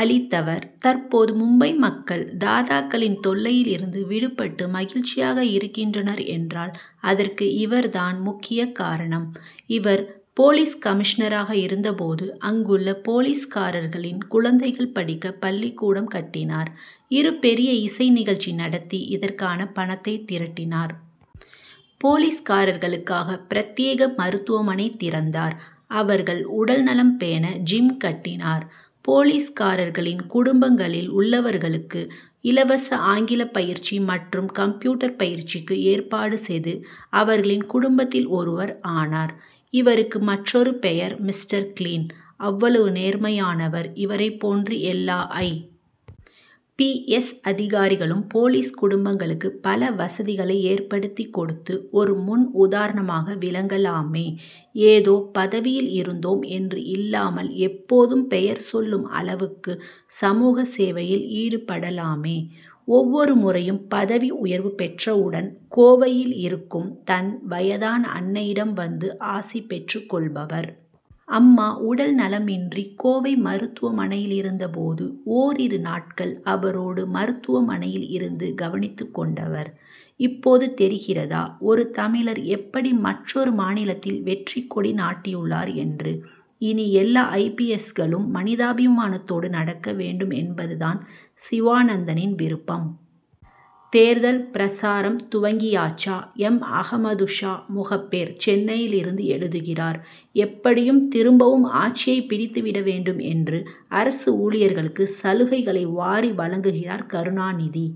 அழித்தவர். தற்போது மும்பை மக்கள், தாதாக்களின் தொல்லையில் இருந்து விடுபட்டு மகிழ்ச்சியாக இருக்கின்றனர் என்றால், அதற்கு இவர் தான் முக்கிய காரணம். இவர், போலீஸ் கமிஷனராக இருந்த போது, அங்குள்ள போலீஸ்காரர்களின் குழந்தைகள் படிக்க பள்ளிக்கூடம் கட்டினார். இரு பெரிய இசை நிகழ்ச்சி நடத்தி, இதற்கான பணத்தை திரட்டினார். போலீஸ்காரர்களுக்காக, பிரத்யேக மருத்துவமனை திறந்தார். அவர்கள் உடல்நலம் பேண, ஜிம் கட்டினார். போலீஸ்காரர்களின் குடும்பங்களில் உள்ளவர்களுக்கு, இலவச ஆங்கிலப்பயிற்சி மற்றும் கம்ப்யூட்டர் பயிற்சிக்கு ஏற்பாடு செது, அவர்களின் குடும்பத்தில் ஒருவர் ஆனார். இவருக்கு மற்றொரு பெயர், மிஸ்டர் கிளீன்! அவ்வளவு நேர்மையானவர். இவரை போன்று எல்லா ஐ. பி. எஸ். அதிகாரிகளும், போலீஸ் குடும்பங்களுக்கு பல வசதிகளை ஏற்படுத்தி கொடுத்து, ஒரு முன் உதாரணமாக விளங்கலாமே? ஏதோ பதவியில் இருந்தோம் என்று இல்லாமல், எப்போதும் பெயர் சொல்லும் அளவுக்கு, சமூக சேவையில் ஈடுபடலாமே. ஒவ்வொரு முறையும் பதவி உயர்வு பெற்றவுடன், கோவையில் இருக்கும் தன் வயதான அன்னையிடம் வந்து ஆசிபெற்றுக் கொள்பவர். அம்மா உடல்நலமின்றி கோவை மருத்துவமனையிலிருந்த போது, ஓரிரு நாட்கள் அவரோடு மருத்துவமனையில் இருந்து கவனித்துக் கொண்டவர். இப்போது தெரிகிறதா? ஒரு தமிழர் எப்படி மற்றொரு மாநிலத்தில் வெற்றிக்கொடி நாட்டியுள்ளார் என்று. இனி எல்லா ஐ. பி. எஸ்.களும் மனிதாபிமானத்தோடு நடக்க வேண்டும் என்பது தான் சிவானந்தனின் விருப்பம். தேர்தல் பிரசாரம் துவங்கியாச்சா? எம். அகமதுஷா, முகப்பேர், சென்னையிலிருந்து எழுதுகிறார்: எப்படியும் திரும்பவும் ஆட்சியை பிடித்துவிட வேண்டும் என்று, அரசு ஊழியர்களுக்கு சலுகைகளை வாரி வழங்குகிறார் கருணாநிதி.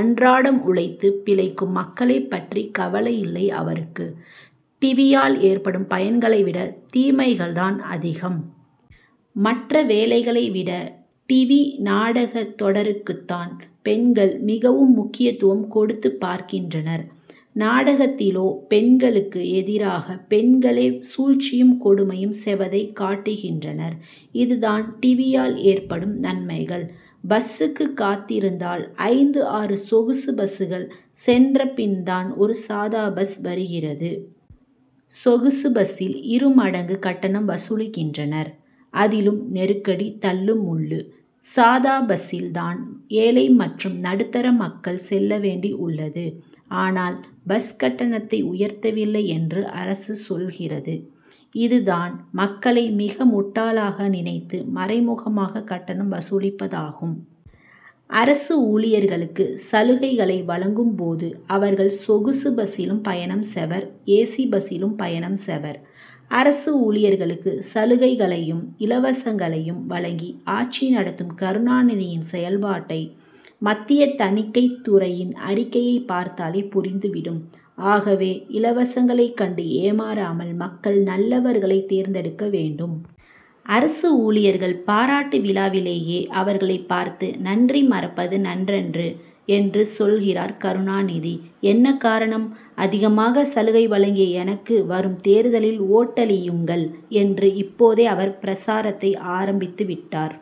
அன்றாடம் உழைத்து பிழைக்கும் மக்களைப் பற்றி கவலையில்லை அவருக்கு. டிவியால் ஏற்படும் பயன்களை விட, தீமைகள் தான் அதிகம். மற்ற வேலைகளை விட, டிவி நாடக தொடருக்குத்தான் பெண்கள் மிகவும் முக்கியத்துவம் கொடுத்து பார்க்கின்றனர். நாடகத்திலோ, பெண்களுக்கு எதிராக, பெண்களே சூழ்ச்சியும், கொடுமையும் செவதை காட்டுகின்றனர். இதுதான், டிவியால் ஏற்படும், நன்மைகள்! பஸ்சுக்கு காத்திருந்தால், ஐந்து, ஆறு சொகுசு பஸ்கள் சென்றபின் தான் ஒரு சாதா பஸ் வருகிறது. சொகுசு பஸ்சில், இருமடங்கு கட்டணம் வசூலிக்கின்றனர். அதிலும் நெருக்கடி, தள்ளு முள்ளு. சாதா பஸ்சில் தான் ஏழை மற்றும் நடுத்தர மக்கள் செல்ல வேண்டி உள்ளது. ஆனால், பஸ் கட்டணத்தை உயர்த்தவில்லை என்று அரசு சொல்கிறது. இதுதான், மக்களை மிக முட்டாளாக நினைத்து, மறைமுகமாக கட்டணம் வசூலிப்பதாகும். அரசு ஊழியர்களுக்கு சலுகைகளை வழங்கும் போது, அவர்கள் சொகுசு பஸ்சிலும் பயணம் செவர், ஏசி பஸ்சிலும் பயணம் செவர். அரசு ஊழியர்களுக்கு சலுகைகளையும், இலவசங்களையும் வழங்கி, ஆட்சி நடத்தும் கருணாநிதியின் செயல்பாட்டை, மத்திய தணிக்கை துறையின் அறிக்கையை பார்த்தாலே புரிந்து விடும். ஆகவே, இலவசங்களை கண்டு ஏமாறாமல், மக்கள், நல்லவர்களை தேர்ந்தெடுக்க வேண்டும். அரசு ஊழியர்கள் பாராட்டு விழாவிலேயே, அவர்களை பார்த்து, நன்றி மறப்பது நன்றன்று என்று சொல்கிறார் கருணாநிதி. என்ன காரணம்? அதிகமாக சலுகை வழங்கிய எனக்கு, வரும் தேர்தலில் ஓட்டளியுங்கள் என்று, இப்போதே அவர் பிரசாரத்தை ஆரம்பித்து விட்டார்.